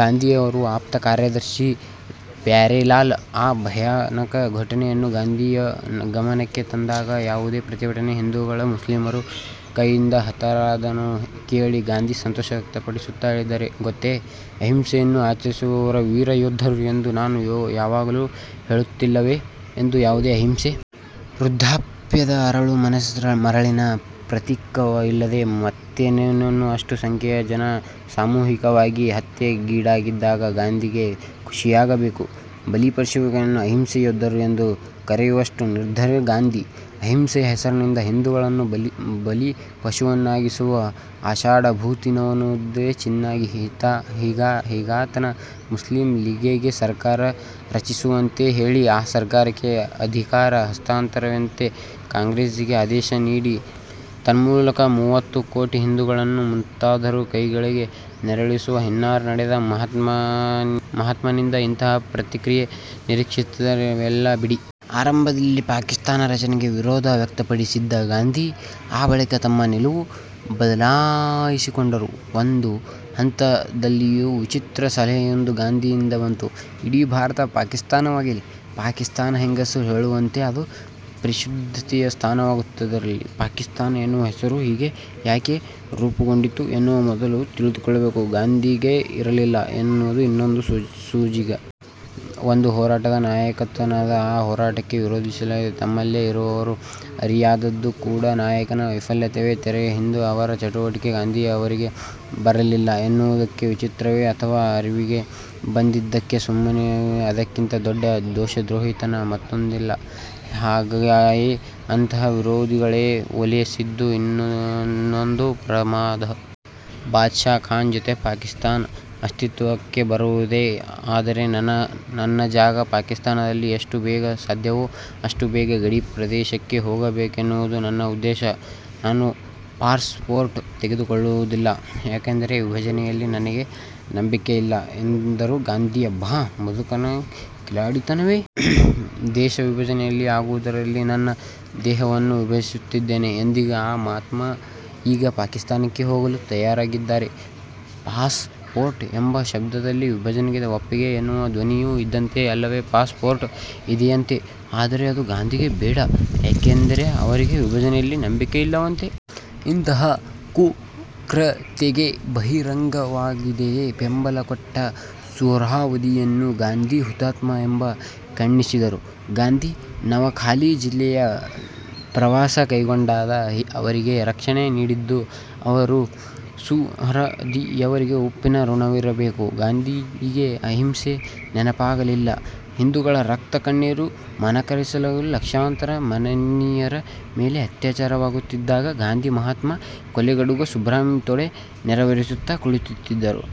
ಗಾಂಧಿಯವರ ಆಪ್ತ, ಕಾರ್ಯದರ್ಶಿ ಪ್ಯಾರೇಲಾಲ್ ಈ ಭಯಾನಕ ಘಟನೆಯನ್ನು ಗಾಂಧಿಯ ಗಮನಕ್ಕೆ ತಂದಾಗ ಯಾವುದೇ ಪ್ರತಿಭಟನೆಯಿಲ್ಲದೆ ಹಿಂದೂಗಳು ಮುಸ್ಲಿಮರ ಕೈಯಿಂದ ಹತರಾದುದನ್ನು ಕೇಳಿ ಗಾಂಧಿ ಸಂತೋಷ ವ್ಯಕ್ತಪಡಿಸುತ್ತಾ ಹೇಳಿದ್ದೇನು ಗೊತ್ತೇ? "ಅಹಿಂಸೆಯನ್ನು ಆಚರಿಸುವವರು ವೀರ ಯೋಧರು ಎಂದು ನಾನು ಯಾವಾಗಲೂ ಹೇಳುತ್ತಿರಲಿಲ್ಲವೇ? " ಎಂದು.. ಯಾವುದು ಅಹಿಂಸೆ? ವೃದ್ದಾಪ್ಯದ ಅರಳು-ಮರಳಿನ ಪ್ರತೀಕವಿದಲ್ಲದೆ ಮತ್ತಿನ್ನೇನು? ಅಷ್ಟು ಸಂಖ್ಯೆಯ ಜನ ಸಾಮೂಹಿಕವಾಗಿ ಹತ್ಯೆಗೀಡಾದಾಗ ಗಾಂಧಿಗೇಕೆ ಖುಷಿಯಾಗಬೇಕು? ಬಲಿಪಶುಗಳನ್ನು ಅಹಿಂಸೆಯ ಯೋಧರು ಎಂದು ಕರೆಯುವಷ್ಟು ನಿರ್ದಯಿಯೇ ಗಾಂಧಿ? ಅಹಿಂಸೆಯ ಹೆಸರಲ್ಲಿ ಹಿಂದೂಗಳನ್ನು ಬಲಿಪಶುಗಳನ್ನಾಗಿಸುವ ಆಷಾಢಭೂತಿತನವಿದಲ್ಲವೇ? ಜಿನ್ನಾ ಹಾಗಾತನ ಮುಸ್ಲಿಂ ಲೀಗಿಗೆ ಸರ್ಕಾರ ರಚಿಸುವಂತೆ ಹೇಳಿ, ಆ ಸರ್ಕಾರಕ್ಕೆ ಅಧಿಕಾರ ಹಸ್ತಾಂತರಿಸುವಂತೆ ಕಾಂಗ್ರೆಸ್ಸಿಗೆ ಆದೇಶ ನೀಡಿ ತನ್ಮೂಲಕ ಮೂವತ್ತು ಕೋಟಿ ಹಿಂದೂಗಳನ್ನು ಮತಾಂಧರ ಕೈಕೆಳಗೆ ನರಳಿಸುವ ಹುನ್ನಾರ ನಡೆಸಿದ ಮಹಾತ್ಮನಿಂದ ಇಂತಹ ಪ್ರತಿಕ್ರಿಯೆ ಅನಿರೀಕ್ಷಿತವೇನಲ್ಲ ಬಿಡಿ! ಆರಂಭದಲ್ಲಿ ಪಾಕಿಸ್ತಾನ ರಚನೆಗೆ ವಿರೋಧ ವ್ಯಕ್ತಪಡಿಸಿದ್ದ ಗಾಂಧಿ ಆ ಬಳಿಕ ತಮ್ಮ ನಿಲುವು ಬದಲಾಯಿಸಿಕೊಂಡರು. ಒಂದು ಹಂತದಲ್ಲಂತೂ ವಿಚಿತ್ರ ಸಲಹೆಯೊಂದು ಗಾಂಧಿಯಿಂದ ಬಂತು. "ಇಡೀ ಭಾರತ ಪಾಕಿಸ್ತಾನವಾಗಲಿ. ಪಾಕಿಸ್ತಾನ ಹೆಸರೇ ಹೇಳುವಂತೆ ಅದು ಪರಿಶುದ್ಧತೆಯ ಸ್ಥಾನವಾಗುವುದಾದಲ್ಲಿ". ಪಾಕಿಸ್ತಾನ ಎನ್ನುವ ಹೆಸರು ಹೇಗೆ ಮತ್ತು ಯಾಕೆ ರೂಪುಗೊಂಡಿತು ಎನ್ನುವ ಮೂಲಭೂತ ತಿಳುವಳಿಕೆಯೂ ಗಾಂಧಿಗೆ ಇರಲಿಲ್ಲ ಎನ್ನುವುದು ಇನ್ನೊಂದು ಸೋಜಿಗ. ಒಂದು ಹೋರಾಟದ ನಾಯಕನಾದವ ಆ ಹೋರಾಟಕ್ಕೆ ವಿರೋಧಿಗಳಾಗಿ ತಮ್ಮಲ್ಲೇ ಇರುವವರನ್ನು ಅರಿಯದಾದದ್ದು ಕೂಡಾ ನಾಯಕನ ವೈಫಲ್ಯವೇ. ತೆರೆಯ ಹಿಂದಿನ ಅವರ ಚಟುವಟಿಕೆ ಗಾಂಧಿಯ ಅರಿವಿಗೇ ಬರಲಿಲ್ಲ ಎನ್ನುವುದೂ ವಿಚಿತ್ರವೇ. ಅಥವಾ ಅರಿವಿಗೆ ಬಂದಿದ್ದರೂ ಸುಮ್ಮನಾಗುಳಿದಿದ್ದರೆ ಅದಕ್ಕಿಂತ ದೊಡ್ದ ದೇಶದ್ರೋಹಿತನ ಮತ್ತೊಂದಿಲ್ಲ. ಹಾಗೆಯೇ ಅಂತಹ ವಿರೋಧಿಗಳನ್ನೇ ಓಲೈಸಿದ್ದು ಇನ್ನೊಂದು ಪ್ರಮಾದ! ಬಾದಶಾ ಖಾನ್ ಜೊತೆ "ಪಾಕಿಸ್ತಾನ ಅಸ್ತಿತ್ವಕ್ಕೆ ಬರುವುದೇ ಆದರೆ ನನ್ನ ಜಾಗ ಪಾಕಿಸ್ತಾನದಲ್ಲಿ. ಎಷ್ಟು ಬೇಗ ಸಾಧ್ಯವೋ ಅಷ್ಟು ಬೇಗ ಗಡಿಪ್ರದೇಶಕ್ಕೆ ಹೋಗಬೇಕೆನ್ನುವುದು ನನ್ನ ಉದ್ದೇಶ. ನಾನು ಪಾಸ್ ಪೋರ್ಟ್ ತೆಗೆದುಕೊಳ್ಳುವುದಿಲ್ಲ. ಯಾಕೆಂದರೆ ವಿಭಜನೆಯಲ್ಲಿ ನನಗೆ ನಂಬಿಕೆಯಿಲ್ಲ. " ಎಂದರು ಗಾಂಧಿ. ಅಬ್ಬಾ ಈ ಮುದುಕನ ಕಿಲಾಡಿತನವೇ! ದೇಶವಿಭಜನೆ ಆಗುವುದಿದ್ದರೆ ನನ್ನ ದೇಹವನ್ನು ವಿಭಜಿಸಬೇಕಾಗುತ್ತದೆ ಎಂದಿದ್ದ ಈ ಮಹಾತ್ಮ ಈಗ ಪಾಕಿಸ್ತಾನಕ್ಕೆ ಹೋಗಲೂ ತಯಾರಾಗಿದ್ದಾರೆ! ಪಾಸ್ ಪೋರ್ಟ್ ಎಂಬ ಶಬ್ಧದಲ್ಲೆ ವಿಭಜನೆಗೆ ಒಪ್ಪಿಗೆ ಎನ್ನುವ ಧ್ವನಿಯೂ ಇದ್ದಂತೆ ಅಲ್ಲವೇ. ಪಾಸ್ ಪೋರ್ಟ್ ಇದೆಯಂತೆ. ಆದರೆ ಅದು ಗಾಂಧಿಗೆ ಬೇಡ. ಯಾಕೆಂದರೆ ಅವರಿಗೆ ವಿಭಜನೆಯಲ್ಲಿ ನಂಬಿಕೆಯಿಲ್ಲವಂತೆ. ಇಂತಹ ಕುಕೃತ್ಯಕ್ಕೆ ಬಹಿರಂಗವಾಗಿಯೇ ಬೆಂಬಲ ಕೊಟ್ಟ ಸುಹ್ರಾವರ್ದಿಯನ್ನು ಗಾಂಧಿ "ಹುತಾತ್ಮ" ಎಂದು ಬಣ್ಣಿಸಿದರು. ಗಾಂಧಿ ನವಖಾಲಿ ಜಿಲ್ಲೆಯ ಪ್ರವಾಸ ಕೈಗೊಂಡಾಗ ಅವರಿಗೆ ರಕ್ಷಣೆ ನೀಡಿದ್ದು ಈ ಸುಹ್ರಾವರ್ದಿಯೇ. ಉಪ್ಪಿನ ಋಣವಿರಬೇಕು! ಗಾಂಧಿಗೆ ಅಹಿಂಸೆ ನೆನಪಾಗಲಿಲ್ಲ! ಹಿಂದೂಗಳ ರಕ್ತ ಕಣ್ಣೀರು ಮನಕರಗಿಸಲಿಲ್ಲ. ಲಕ್ಷಾಂತರ ಮಾನಿನಿಯರ ಮೇಲೆ ಅತ್ಯಾಚಾರವಾಗುತ್ತಿದ್ದಾಗ ಗಾಂಧಿ ಮಹಾತ್ಮ ಕೊಲೆಗಡುಗ ಸುಹ್ರಾವರ್ದಿಯ ತೊಡೆ ನೇವರಿಸುತ್ತಾ ಕುಳಿತಿದ್ದರು!